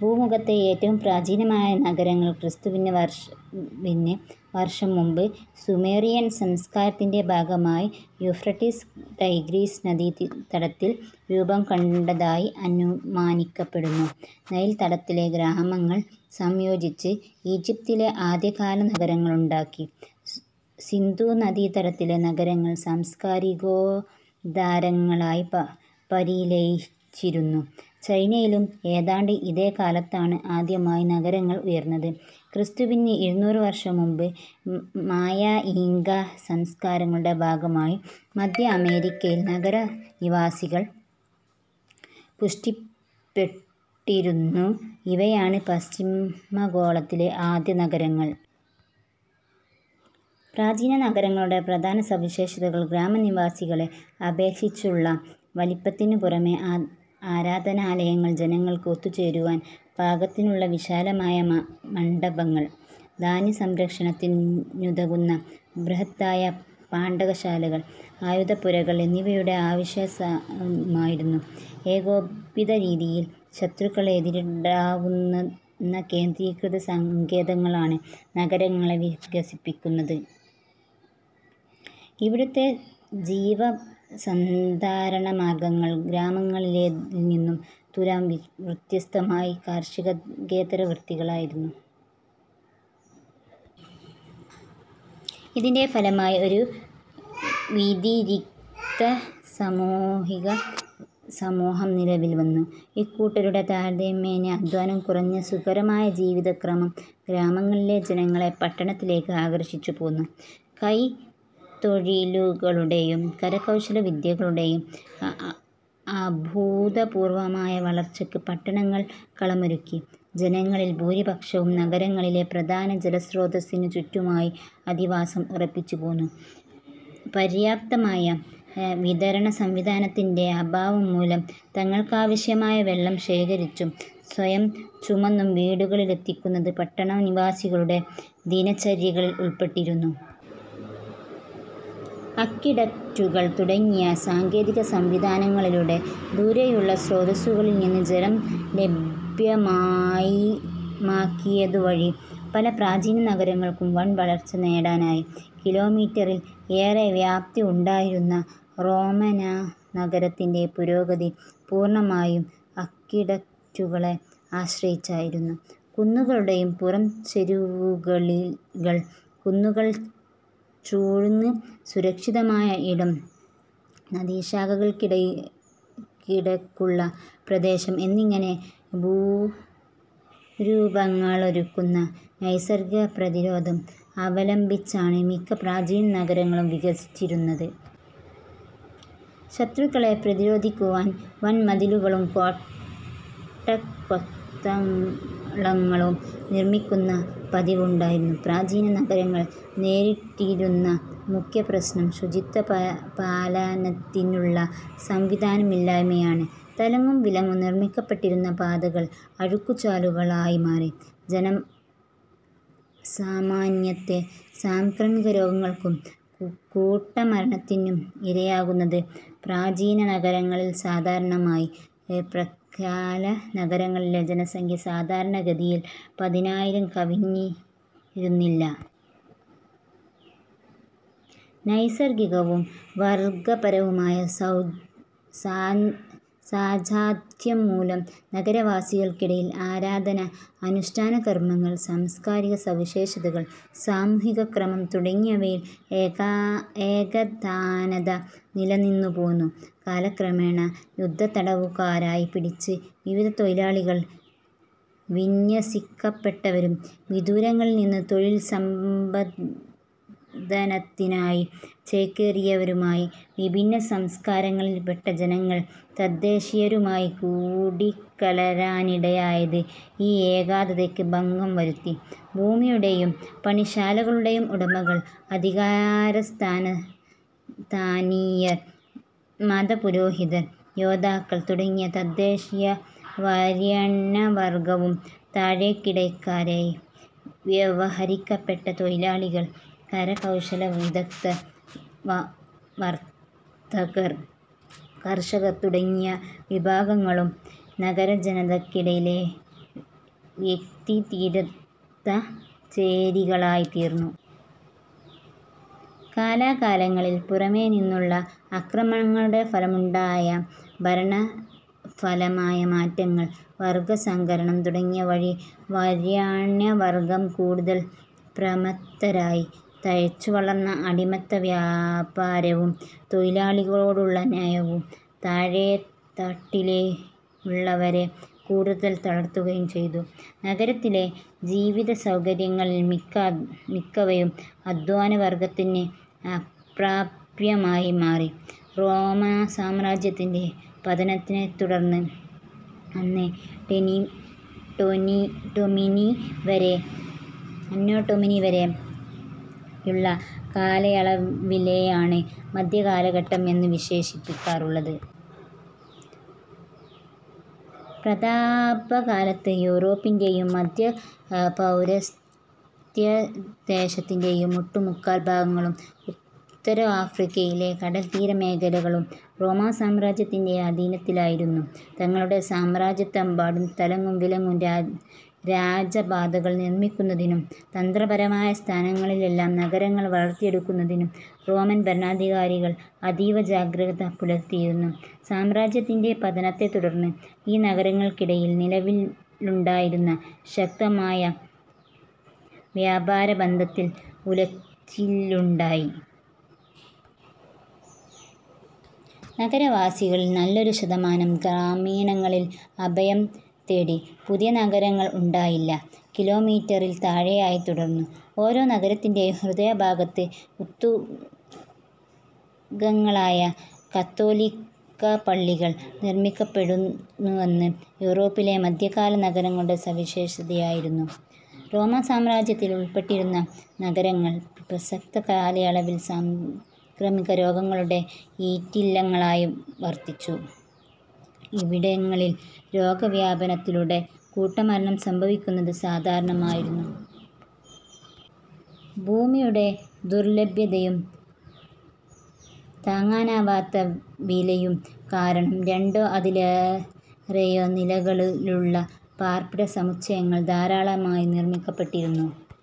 ഭൂമുഖത്തെ ഏറ്റവും പ്രാചീനമായ നഗരങ്ങൾ ക്രിസ്തുവിന് വർഷം മുമ്പ് സുമേറിയൻ സംസ്കാരത്തിന്റെ ഭാഗമായി യൂഫ്രടിസ്-ടൈഗ്രിസ് നദീതടത്തിൽ രൂപംകൊണ്ടതായി അനുമാനിക്കപ്പെടുന്നു. നൈൽതടത്തിലെ ഗ്രാമങ്ങൾ സംയോജിച്ച് ഈജിപ്തിലെ ആദ്യകാല നഗരങ്ങളുണ്ടായി. സിന്ധുനദീതടത്തിലെ നഗരങ്ങൾ സംസ്കാരകേദാരങ്ങളായി പരിലസിച്ചിരുന്നു. ചൈനയിലും ഏതാണ്ട് ഇതേ കാലത്താണ് ആദ്യമായി നഗരങ്ങൾ ഉയർന്നത്. ക്രിസ്തുവിന് ഇരുനൂറ് വർഷം മുമ്പ് മയാ-ഇങ്കാ സംസ്കാരങ്ങളുടെ ഭാഗമായി മധ്യഅമേരിക്കയിൽ നഗരാധിവാസങ്ങൾ പുഷ്ടിപ്പെട്ടിരുന്നു ഇവയാണ് പശ്ചിമാർധഗോളത്തിലെ ആദ്യ നഗരങ്ങൾ. പ്രാചീന നഗരങ്ങളുടെ പ്രധാന സവിശേഷതകൾ ഗ്രാമാധിവാസങ്ങളെ അപേക്ഷിച്ചുള്ള വലിപ്പത്തിനു പുറമേ, ആരാധനാലയങ്ങൾ, ജനങ്ങൾക്ക് ഒത്തുചേരുവാൻപാകത്തിലുള്ള വിശാലമായ മണ്ഡപങ്ങൾ, ധാന്യസംഭരണത്തിനുതകുന്ന ബൃഹത്തായ പണ്ടകശാലകൾ, ആയുധപ്പുരകൾ എന്നിവയുടെ അവശ്യസാന്നിധ്യമായിരുന്നു. ഏകോപിത രീതിയിൽ ശത്രുക്കളെ എതിരിടുവാനുതകുന്ന കേന്ദ്രീകൃത സങ്കേതങ്ങളായാണ് നഗരങ്ങളെ വികസിപ്പിച്ചിരുന്നത്. ഇവിടത്തെ ജീവസന്ധാരണമാർഗങ്ങൾ ഗ്രാമങ്ങളിലേതിൽനിന്ന് തുലോം വ്യത്യസ്തമായി കാർഷികേതര വൃത്തികളായിരുന്നു. ഇതിന്റെ ഫലമായി ഒരു വ്യതിരിക്ത വർത്തകസമൂഹം നിലവിൽവന്നു. ഇക്കൂട്ടരുടെ, താരതമ്യേന അധ്വാനം കുറഞ്ഞ സുഖകരമായ ജീവിതക്രമം ഗ്രാമങ്ങളിലെ ജനങ്ങളെ പട്ടണത്തിലേക്ക് ആകർഷിച്ചുപോന്നു. കൈത്തൊഴിലുകളുടെയും കരകൗശലവിദ്യയുടെയും അഭൂതപൂർവമായ വളർച്ചയ്ക്ക് പട്ടണങ്ങൾ കളമൊരുക്കി. ജനങ്ങളിൽ ഭൂരിപക്ഷവും നഗരത്തിലെ പ്രധാന ജലസ്രോതസ്സിനു ചുറ്റുമായി അധിവാസം ഉറപ്പിച്ചുപോന്നു. പര്യാപ്തമായ വിതരണസംവിധാനത്തിന്റെ അഭാവംമൂലം തങ്ങൾക്കാവശ്യമായ വെള്ളം ശേഖരിച്ചും സ്വയം ചുമന്നും വീടുകളിലെത്തിക്കുന്നത് പട്ടണവാസികളുടെ ദിനചര്യകളിൽ ഉൾപ്പെട്ടിരുന്നു. അക്വിഡക്റ്റുകൾ തുടങ്ങിയ സാങ്കേതിക സംവിധാനങ്ങളിലൂടെ ദൂരെയുള്ള സ്രോതസ്സുകളിൽനിന്ന് ജലം ലഭ്യമാക്കിയതുവഴി പല പ്രാചീന നഗരങ്ങൾക്കും വൻ വളർച്ച നേടാനായി. കിലോമീറ്ററിൽ ഏറേ വ്യാപ്തി ഉണ്ടായിരുന്ന റോമാനഗരത്തിന്റെ പുരോഗതി പൂർണമായും അക്വിഡക്റ്റുകളെ ആശ്രയിച്ചായിരുന്നു. കുന്നുകളുടെ പുറംചരിവുകൾ, കുന്നുകൾ ചൂഴ്ന്ന് സുരക്ഷിതമായ ഇടം, നദീശാഖകൾക്കിടയ്ക്കുള്ള പ്രദേശം എന്നിങ്ങനെ ഭൂരൂപങ്ങളൊരുക്കുന്ന നൈസർഗിക പ്രതിരോധം അവലംബിച്ചാണ് മിക്ക പ്രാചീന നഗരങ്ങളും വികസിച്ചിരുന്നത്. ശത്രുക്കളെ പ്രതിരോധിക്കുവാൻ വൻ മതിലുകളും കോട്ടകൊത്തളങ്ങളും നിർമ്മിക്കുന്ന പതിവും ഉണ്ടായിരുന്നു. പ്രാചീന നഗരങ്ങൾ നേരിട്ടിരുന്ന മുഖ്യ പ്രശ്നം ശുചിത്വപാലനത്തിനുള്ള സംവിധാനമില്ലായ്മയാണ്. തലങ്ങും വിലങ്ങും നിർമ്മിക്കപ്പെട്ടിരുന്ന പാതകൾ അഴുക്കുചാലുകളായിമാറി ജനസാമാന്യത്തെ സാംക്രമിക രോഗങ്ങൾക്കും കൂട്ടമരണത്തിനും ഇരയാക്കുന്നത് പ്രാചീന നഗരങ്ങളിൽ സാധാരണമായിരുന്നു. പ്രാക്കാല നഗരങ്ങളിലെ ജനസംഖ്യ സാധാരണ ഗതിയിൽ പതിനായിരം കവിഞ്ഞിരുന്നില്ല. നൈസർഗികവും വർഗപരവുമായ സാജാത്യംമൂലം നഗരവാസികൾക്കിടയിൽ ആരാധന, അനുഷ്ഠാനകർമങ്ങൾ, സാംസ്കാരിക സവിശേഷതകൾ, സാമൂഹിക ക്രമം തുടങ്ങിയവയിൽ ഏകതാനത നിലനിന്നുപോന്നു. കാലക്രമേണ, യുദ്ധത്തടവുകാരായി പിടിച്ച്, വിവിധ തൊഴിലുകളിൽ വിന്യസിക്കപ്പെട്ടവരും വിദൂരങ്ങളിൽനിന്ന് തൊഴിൽ സമ്പാദനത്തിനായി ചേക്കേറിയവരുമായി വിഭിന്ന സംസ്കാരങ്ങളിൽപ്പെട്ട ജനങ്ങൾ തദ്ദേശീയരുമായി കൂടിക്കലരാനിടയായത് ഈ ഏകതാനതയ്ക്ക് ഭംഗം വരുത്തി. ഭൂമിയുടെയും പണിശാലകളുടെയും ഉടമകൾ, അധികാരസ്ഥാനീയർ, മതപുരോഹിതർ, യോദ്ധാക്കൾ തുടങ്ങി തദ്ദേശീയരായ വരേണ്യവർഗവും താഴേക്കിടക്കാരായി വ്യവഹരിക്കപ്പെട്ട തൊഴിലാളികൾ, കരകൗശലവിദഗ്ദ്ധർ, വർത്തകർ, കർഷകർ തുടങ്ങിയ വിഭാഗങ്ങളും നഗരജനതയ്ക്കിടയിലെ വ്യതിരിക്ത ചേരികളായിത്തീർന്നു. കാലാകാലങ്ങളിൽ പുറമേനിന്നുള്ള ആക്രമണങ്ങളുടെ ഫലമായുണ്ടായ ഭരണപരമായ മാറ്റങ്ങൾ, വർഗസങ്കരം തുടങ്ങിയവ വഴി വരേണ്യവർഗം കൂടുതൽ പ്രമത്തരായി. തഴച്ചുവളർന്ന അടിമവ്യാപാരവും തൊഴിലാളികളോടുള്ള നയവും താഴേത്തട്ടിലുള്ളവരെ കൂടുതൽ തളർത്തുകയും ചെയ്തു. നഗരത്തിലെ ജീവിതസൗഭാഗ്യങ്ങളിൽ മിക്കവയും അധ്വാനവർഗത്തിന് അപ്രാപ്യമായി മാറി. റോമാസാമ്രാജ്യത്തിന്റെ പതനത്തെത്തുടർന്ന് അന്നോടൊമിനി വരെയുള്ള കാലയളവിനെയാണ് മധ്യകാലഘട്ടം എന്നു വിശേഷിപ്പിക്കാറുള്ളത്. പ്രതാപകാലത്ത് യൂറോപ്പിന്റെയും മധ്യ പൗരസ്ത്യദേശത്തിന്റെയും ഒട്ടുമുക്കാൽ ഭാഗങ്ങളും ഉത്തര ആഫ്രിക്കയിലെ കടൽത്തീരമേഖലകളും റോമാസാമ്രാജ്യത്തിന്റെ അധീനതയിലായിരുന്നു. തങ്ങളുടെ സാമ്രാജ്യത്തെമ്പാടും തലങ്ങും വിലങ്ങും രാജ്യപദാക്കൾ നിർമ്മിക്കുന്നതിലും തന്ത്രപരമായ സ്ഥാനങ്ങളിലെല്ലാം നഗരങ്ങൾ വളർത്തിയെടുക്കുന്നതിലും റോമൻ ഭരണാധികാരികൾ അതീവ ജാഗ്രത പുലർത്തിയിരുന്നു. സാമ്രാജ്യത്തിന്റെ പതനത്തെത്തുടർന്ന് ഈ നഗരങ്ങൾക്കിടയിൽ നിലവിലുണ്ടായിരുന്ന ശക്തമായ വ്യാപാരബന്ധത്തിൽ ഉലച്ചിലുണ്ടായി. നഗരവാസികളിൽ നല്ലൊരു ശതമാനം ഗ്രാമങ്ങളിൽ അഭയം തേടി. പുതിയ നഗരങ്ങൾ ഉണ്ടായില്ല. കിലോമീറ്ററിൽ താഴെയായി തുടർന്നു. ഓരോ നഗരത്തിന്റെയും ഹൃദയഭാഗത്ത് ഉത്തുംഗങ്ങളായ കത്തോലിക്കാപ്പള്ളികൾ നിർമ്മിക്കപ്പെട്ടുവെന്നത് യൂറോപ്പിലെ മധ്യകാല നഗരങ്ങളുടെ സവിശേഷതയായിരുന്നു. റോമാസാമ്രാജ്യത്തിൽ ഉൾപ്പെട്ടിരുന്ന നഗരങ്ങൾ പ്രസക്ത കാലയളവിൽ സാംക്രമികരോഗങ്ങളുടെ ഈറ്റില്ലങ്ങളായി വർത്തിച്ചു. ഇവിടങ്ങളിൽ രോഗവ്യാപനത്തിലൂടെ കൂട്ടമരണം സംഭവിക്കുന്നത് സാധാരണമായിരുന്നു. ഭൂമിയുടെ ദുർലഭ്യതയും താങ്ങാനാവാത്ത വിലയും കാരണം, രണ്ടോ അതിലേറെയോ നിലകളിലുള്ള പാർപ്പിടസമുച്ചയങ്ങൾ ധാരാളമായി നിർമ്മിക്കപ്പെട്ടിരുന്നു.